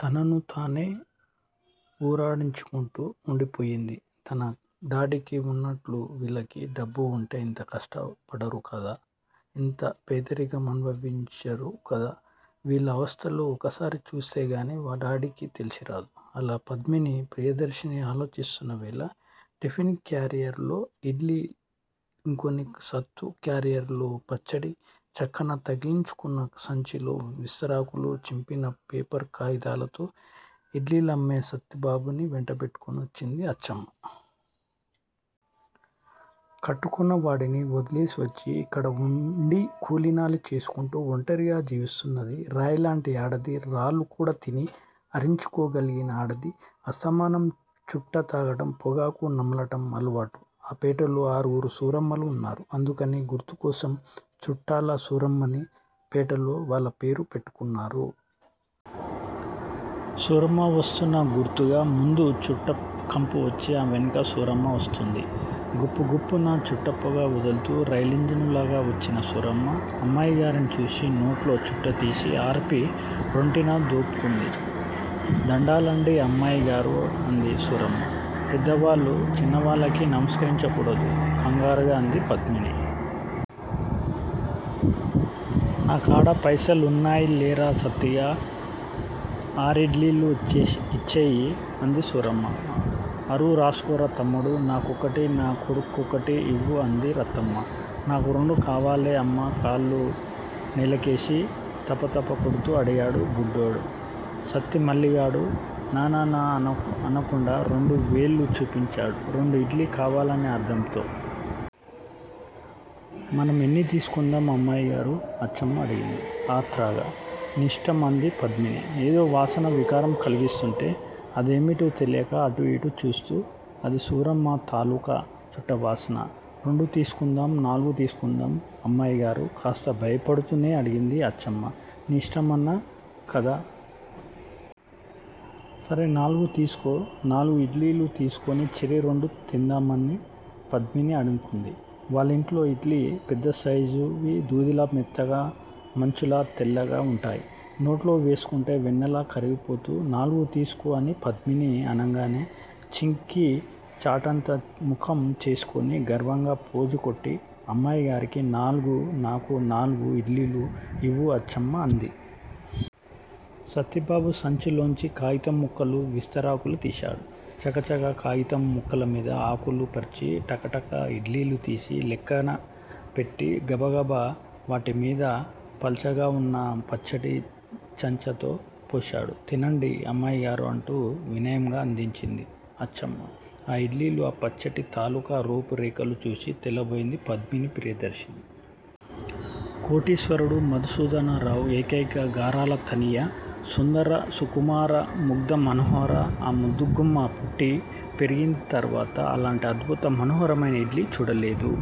తనను తానే వూరడించుకుంటూ వుండిపోయింది. తన డాడీకి వున్నట్లు వీళ్ళకి డబ్బువుంటే ఇంత కష్టపడరు కదా! ఇంత బీదరికం అనుభవించరు కదా! వీళ్ళ అవస్థలు ఒక్కసారి చూస్తేగాని వా డాడీకి తెలిసిరాదు అలా పద్మిని ప్రియదర్శిని ఆలోచిస్తున్న వేళ టిఫిన్ క్యారియర్ లో ఇడ్లీ ఇంకొన్ని సత్తు క్యారియర్ లో పచ్చడి చకన తగిలించుకున్న సంచీలో విస్తరాకులు చింపిన పేపరు కాగితాలతో ఇడ్లీలమ్మే సత్తిబాబుని వెంటబెట్టుకొనీచ్చింది అచ్చమ్మ. కట్టుకున్న వాడిని వదిలేసివచ్చి ఇక్కడ వుండి కూలినాలి చేసుకుంటూ ఒంటరిగా జీవిస్తున్నది. రాయిలాంటి ఆడది రాళ్ళు కూడా తిని అరించుకోగలిగిన ఆడది. అస్తమానం చుట్ట తాగటం, పొగాకు నమలటం అలవాటు. ఆ పేటలో ఆరుగురు సూరమ్మలు ఉన్నారు. అందుకని గుర్తుకోసం చుట్టల సూరమ్మని పేటలో వాళ్ళు పేరు పెట్టుకున్నారు. సూరమ్మ వస్తున్న గుర్తుగా ముందు చుట్ట కంపు వచ్చి ఆ వెనుక సూరమ్మ వస్తుంది. గుప్పు గుప్పున చుట్టపొగ వదులుతూ రైలింజనులాగ వచ్చిన సూరమ్మ అమ్మాయిగారిని చూసి నోట్లో చుట్టతీసి ఆర్పి రొంటిన దోపుకుంది. దండాలండీ అమ్మాయిగారూ! అంది సూరమ్మ. పెద్దవాళ్ళు చిన్నవాళ్ళకి నమస్కరించకూడదు కంగారుగా అంది పద్మిని. నా కాడ పైసలున్నయిలేరా సత్తిగా! ఆరిడ్డిలీలు ఇచ్చేయి అంది సూరమ్మ. అరువు రాసుకోరా తమ్ముడూ! నాకొకటి నా కొడుకు కొకటి ఇవ్వు అంది రత్తమ్మ. నాకు రెండు కావాలే అమ్మా కాళ్ళు నేలకేసి తపతపకొడుతూ అడిగాడు బుడ్డోడు. సత్తి మల్లిగాడు న న న అనకుండా రెండు వేళ్ళు చూపించాడు రెండు ఇడ్లీ కావాలనే అర్ధంతో. మనం ఎన్ని తీసుకుందాం అమ్మాయిగారూ అచ్చమ్మ అడిగింది ఆత్రంగ. నీ ఇష్టం అంది పద్మిని ఏదో వాసన వికారం కలిగిస్తుంటే అదేమిటో తెలియక అటు ఇటు చూస్తూ. అది సూరమ్మ తాలూకా చుట్టవాసన. రెండు తీసుకుందాం నాలుగు తీసుకుందాం అమ్మాయిగారూ! కాస్త భయపడుతూనే అడిగింది అచ్చమ్మ. నీ ఇష్టమన్నా కదా! సరే నాలుగు తీసుకో నాలుగు ఇడ్లీలు తీసుకుని చెరి రెండూ తిందామని పద్మిని అనుకుంది. వాళ్ళింట్లో ఇడ్లీ పెద్ద సైజువి దూదిలా మెత్తగా మంచులా తెల్లగా వుంటాయి. నోట్లో వేసుకుంటే వెన్నలా కరిగిపోతూ నాలుగు తీసుకో అని పద్మిని అనంగానే చింకి చాటంత ముఖం చేసుకుని గర్వంగా ఫోజుకొట్టి అమ్మాయిగారికి నాలుగు నాకు నాలుగు ఇడ్లీలు ఇవ్వు అచ్చమ్మ అంది. సత్తిబాబు సంచిలోంచి కాగితం ముక్కలు విస్తరాకులు తీశాడు. చకచక కాగితం ముక్కలమీద ఆకులు పరిచి టకటక ఇడ్లీలు తీసి లెక్కన పెట్టి గబగబ వాటిమీద పల్చగవున్న పచ్చడి చంచాతో పోశాడు. తినండి అమ్మాయిగారూ అంటూ వినయంగా అందించింది అచ్చమ్మ. ఆ ఇడ్లీలు ఆ పచ్చటి తాలూకా రూపురేఖలు చూసి తెల్లబోయింది పద్మిని ప్రియదర్శిని. కోటీశ్వరుడు మధుసూదనరావు ఏకైక గారాల తనయ సుందర సుకుమార ముగ్ధమనోహర ఆ ముద్దుగుమ్మ పుట్టి పెరిగింతరువాత అలాంటి అద్భుత మనోహరమైన ఇడ్లీ చూడలేదు.